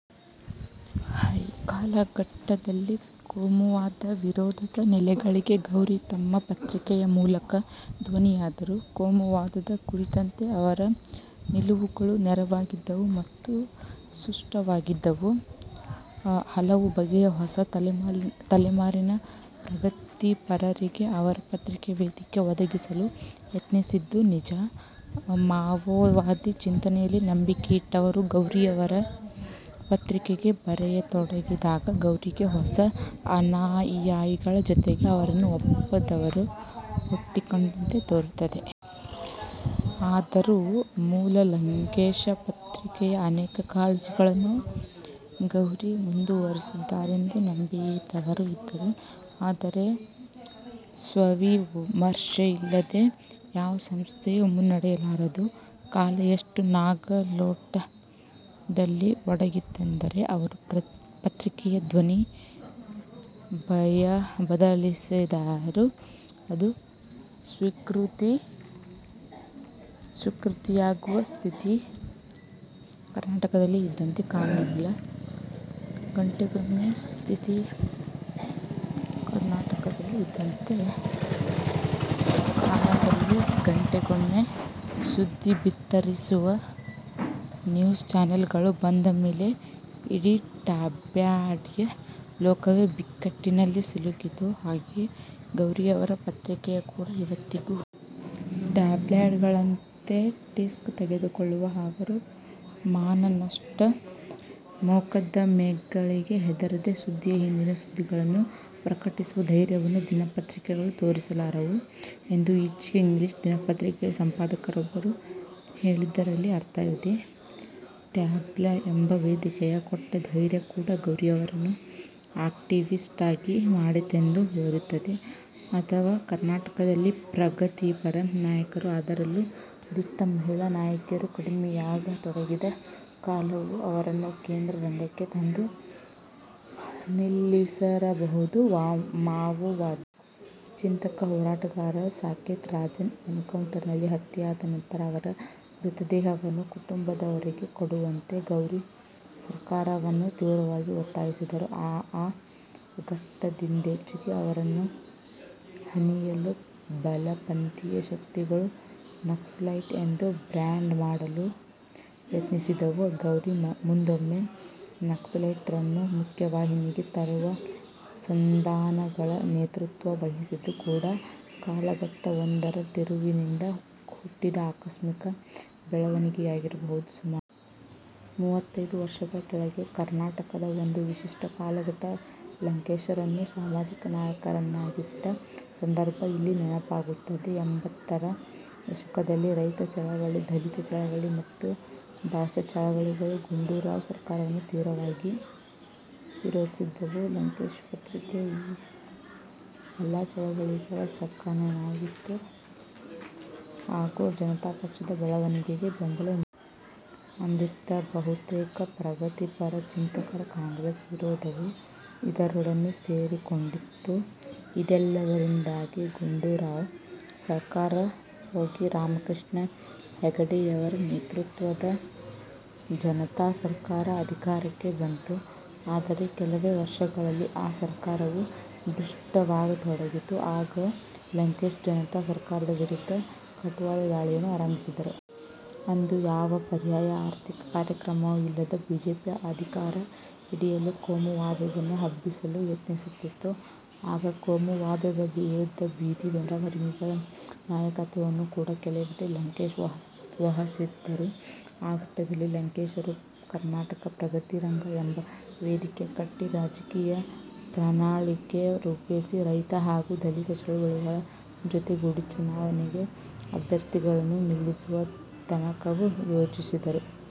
ಈ ಕಾಲಘಟ್ಟದಲ್ಲಿ ಕೋಮುವಾದ ವಿರೋಧದ ನೆಲೆಗಳಿಗೆ ಗೌರಿ ತಮ್ಮ ಪತ್ರಿಕೆಯ ಮೂಲಕ ಧ್ವನಿಯಾದರು. ಕೋಮುವಾದದ ಕುರಿತಂತೆ ಅವರ ನಿಲುವುಗಳು ನೇರವಾಗಿದ್ದವು ಮತ್ತು ಸ್ಪಷ್ಟವಾಗಿದ್ದವು. ಹಲವು ಬಗೆಯ ಹೊಸ ತಲೆಮಾರಿನ ಪ್ರಗತಿಪರರಿಗೆ ಅವರ ಪತ್ರಿಕೆ ವೇದಿಕೆ ಒದಗಿಸಲು ಯತ್ನಿಸಿದ್ದು ನಿಜ. ಮಾವೋವಾದಿ ಚಿಂತನೆಯಲ್ಲಿ ನಂಬಿಕೆಯಿಟ್ಟವರು ಗೌರಿಯವರ ಪತ್ರಿಕೆಗೆ ಬರೆಯತೊಡಗಿದಾಗ, ಗೌರಿಗೆ ಹೊಸ ಅನುಯಾಯಿಗಳ ಜೊತೆಗೆ ಅವರನ್ನು ಒಪ್ಪದವರೂ ಹುಟ್ಟಿಕೊಂಡಂತೆ ತೋರುತ್ತದೆ. ಆದರೂ ಮೂಲ 'ಲಂಕೇಶ್ ಪತ್ರಿಕೆ'ಯ ಅನೇಕ ಕಾಳಜಿಗಳನ್ನು ಗೌರಿ ಮುಂದುವರಿಸುತ್ತಿದ್ದಾರೆಂದು ನಂಬಿದವರೂ ಇದ್ದರು. ಆದರೆ ಸ್ವವಿಮರ್ಶೆಯಿಲ್ಲದೆ ಯಾವ ಸಂಸ್ಥೆಯೂ ಮುನ್ನಡೆಯಲಾರದು. ಕಾಲ ಎಷ್ಟು ನಾಗಾಲೋಟದಲ್ಲಿ ಓಡತೊಡಗಿತ್ತೆಂದರೆ, ಅವರು ಪತ್ರಿಕೆಯ ಧ್ವನಿ ಬದಲಾಯಿಸಿದರೂ ಅದು ಸ್ವೀಕೃತವಾಗುವ ಸ್ಥಿತಿ ಕರ್ನಾಟಕದಲ್ಲಿ ಇದ್ದಂತೆ ಕಾಣಲಿಲ್ಲ. ಗಂಟೆಗೊಮ್ಮೆ ಸುದ್ದಿ ಬಿತ್ತರಿಸುವ ನ್ಯೂಸ್ ಚಾನೆಲ್‌ಗಳು ಬಂದ ಮೇಲೆ ಇಡೀ ಟ್ಯಾಬ್ಲಾಯ್ಡ್ ಲೋಕವೇ ಬಿಕ್ಕಟ್ಟಿನಲ್ಲಿ ಸಿಲುಕಿತು; ಹಾಗೆಯೇ ಗೌರಿಯವರ ಪತ್ರಿಕೆ ಕೂಡ."ಇವತ್ತಿಗೂ ಟ್ಯಾಬ್ಲಾಯ್ಡ್‌ಗಳಂತೆ ರಿಸ್ಕ್ ತೆಗೆದುಕೊಳ್ಳುವ ಹಾಗೂ ಮಾನನಷ್ಟ ಮೊಕದ್ದಮೆಗಳಿಗೆ ಹೆದರದೆ ಸುದ್ದಿಯ ಹಿಂದಿನ ಸುದ್ದಿಗಳನ್ನು ಪ್ರಕಟಿಸುವ ಧೈರ್ಯವನ್ನು ದಿನಪತ್ರಿಕೆಗಳು ತೋರಿಸಲಾರವು" ಎಂದು ಈಚೆಗೆ ಇಂಗ್ಲಿಷ್ ದಿನಪತ್ರಿಕೆಯ ಸಂಪಾದಕರೊಬ್ಬರು ಹೇಳಿದ್ದರಲ್ಲಿ ಅರ್ಥವಿದೆ. ಟ್ಯಾಬ್ಲಾಯ್ಡ್ ಎಂಬ ವೇದಿಕೆಯೇ ಕೊಟ್ಟ ಧೈರ್ಯ ಕೂಡ ಗೌರಿಯವರನ್ನು ಆಕ್ಟಿವಿಸ್ಟ್ ಆಗಿ ಮಾಡಿತೆಂದು ತೋರುತ್ತದೆ. ಅಥವಾ ಕರ್ನಾಟಕದಲ್ಲಿ ಪ್ರಗತಿಪರ ನಾಯಕರು, ಅದರಲ್ಲೂ ದಿಟ್ಟ ಮಹಿಳಾ ನಾಯಕಿಯರು ಕಡಿಮೆಯಾಗತೊಡಗಿದ ಕಾಲವೂ ಅವರನ್ನು ಕೇಂದ್ರ ರಂಗಕ್ಕೆ ತಂದು ನಿಲ್ಲಿಸಿರಬಹುದು. ಮಾವೋವಾದಿ ಚಿಂತಕ-ಹೋರಾಟಗಾರ ಸಾಕೇತ್ ರಾಜನ್ ಎನ್‌ಕೌಂಟರಿನಲ್ಲಿ ಹತ್ಯೆಯಾದ ನಂತರ ಅವರ ಮೃತದೇಹವನ್ನು ಕುಟುಂಬದವರಿಗೆ ಕೊಡುವಂತೆ ಗೌರಿ ಸರ್ಕಾರವನ್ನು ತೀವ್ರವಾಗಿ ಒತ್ತಾಯಿಸಿದರು. ಆ ಘಟ್ಟದಿಂದೀಚೆಗೆ ಅವರನ್ನು ಹಣಿಯಲು ಬಲಪಂಥೀಯ ಶಕ್ತಿಗಳು 'ನಕ್ಸಲೈಟ್' ಎಂದು ಬ್ರ್ಯಾಂಡ್ ಮಾಡಲು ಯತ್ನಿಸಿದವು. ಗೌರಿ ಮುಂದೊಮ್ಮೆ ನಕ್ಸಲೈಟರನ್ನು ಮುಖ್ಯವಾಹಿನಿಗೆ ತರುವ ಸಂಧಾನಗಳ ನೇತೃತ್ವ ವಹಿಸಿದ್ದು ಕೂಡ ಕಾಲಘಟ್ಟವೊಂದರ ತಿರುವಿನಿಂದ ಹುಟ್ಟಿದ ಆಕಸ್ಮಿಕ ಬೆಳವಣಿಗೆಯಾಗಿರಬಹುದು. ಸುಮಾರು ಮೂವತ್ತೈದು ವರ್ಷಗಳ ಕೆಳಗೆ ಕರ್ನಾಟಕದ ಒಂದು ವಿಶಿಷ್ಟ ಕಾಲಘಟ್ಟ ಲಂಕೇಶರನ್ನು ಸಾಮಾಜಿಕ ನಾಯಕನ್ನಾಗಿಸಿದ ಸಂದರ್ಭ ಇಲ್ಲಿ ನೆನಪಾಗುತ್ತದೆ. ಎಂಬತ್ತರ ದಶಕದಲ್ಲಿ ರೈತ ಚಳವಳಿ, ದಲಿತ ಚಳವಳಿ ಮತ್ತು ಭಾಷಾ ಚಳವಳಿಗಳು ಗುಂಡೂರಾವ್ ಸರ್ಕಾರವನ್ನು ತೀವ್ರವಾಗಿ ವಿರೋಧಿಸುತ್ತಿದ್ದವು; 'ಲಂಕೇಶ್ ಪತ್ರಿಕೆ' ಈ ಎಲ್ಲಾ ಚಳವಳಿಗಳ ಸಖನಾಗಿತ್ತು ಹಾಗೂ ಜನತಾ ಪಕ್ಷದ ಬೆಳವಣಿಗೆಗೆ ಬೆಂಬಲ ನೀಡುತ್ತಿತ್ತು. ಅಂದಿನ ಬಹುತೇಕ ಪ್ರಗತಿಪರ ಚಿಂತಕರ ಕಾಂಗ್ರೆಸ್ ವಿರೋಧವೂ ಇದರೊಡನೆ ಸೇರಿಕೊಂಡಿತ್ತು. ಇದೆಲ್ಲದರಿಂದಾಗಿ ಗುಂಡೂರಾವ್ ಸರ್ಕಾರ ಹೋಗಿ, ರಾಮಕೃಷ್ಣ ಹೆಗಡೆಯವರ ನೇತೃತ್ವದ ಜನತಾ ಸರ್ಕಾರ ಅಧಿಕಾರಕ್ಕೆ ಬಂತು. ಆದರೆ ಕೆಲವೇ ವರ್ಷಗಳಲ್ಲಿ ಆ ಸರ್ಕಾರವೂ ಭ್ರಷ್ಟವಾಗತೊಡಗಿತು. ಆಗ ಲಂಕೇಶ್ ಜನತಾ ಸರ್ಕಾರದ ವಿರುದ್ಧ ಕಟುವಾದ ದಾಳಿಯನ್ನು ಆರಂಭಿಸಿದರು. ಅಂದು ಯಾವ ಪರ್ಯಾಯ ಆರ್ಥಿಕ ಕಾರ್ಯಕ್ರಮವೂ ಇಲ್ಲದ ಬಿಜೆಪಿ ಅಧಿಕಾರ ಹಿಡಿಯಲು ಕೋಮುವಾದವನ್ನು ಹಬ್ಬಿಸಲು ಯತ್ನಿಸುತ್ತಿತ್ತು. ಆಗ ಕೋಮುವಾದದ ವಿರುದ್ಧ ಬೀದಿ ಮೆರವಣಿಗೆಗಳ ನಾಯಕತ್ವವನ್ನು ಕೂಡ ಕೆಲವೆಡೆ ಲಂಕೇಶ್ ವಹಿಸಿದ್ದರು. ಆ ಘಟ್ಟದಲ್ಲಿ ಲಂಕೇಶರು 'ಕರ್ನಾಟಕ ಪ್ರಗತಿ ರಂಗ' ಎಂಬ ವೇದಿಕೆ ಕಟ್ಟಿ, ರಾಜಕೀಯ ಪ್ರಣಾಳಿಕೆ ರೂಪಿಸಿ, ರೈತ ಹಾಗೂ ದಲಿತ ಚಳವಳಿಗಳ ಜೊತೆಗೂಡಿ ಚುನಾವಣೆಗೆ ಅಭ್ಯರ್ಥಿಗಳನ್ನು ನಿಲ್ಲಿಸುವ ತನಕವೂ ಯೋಚಿಸಿದರು.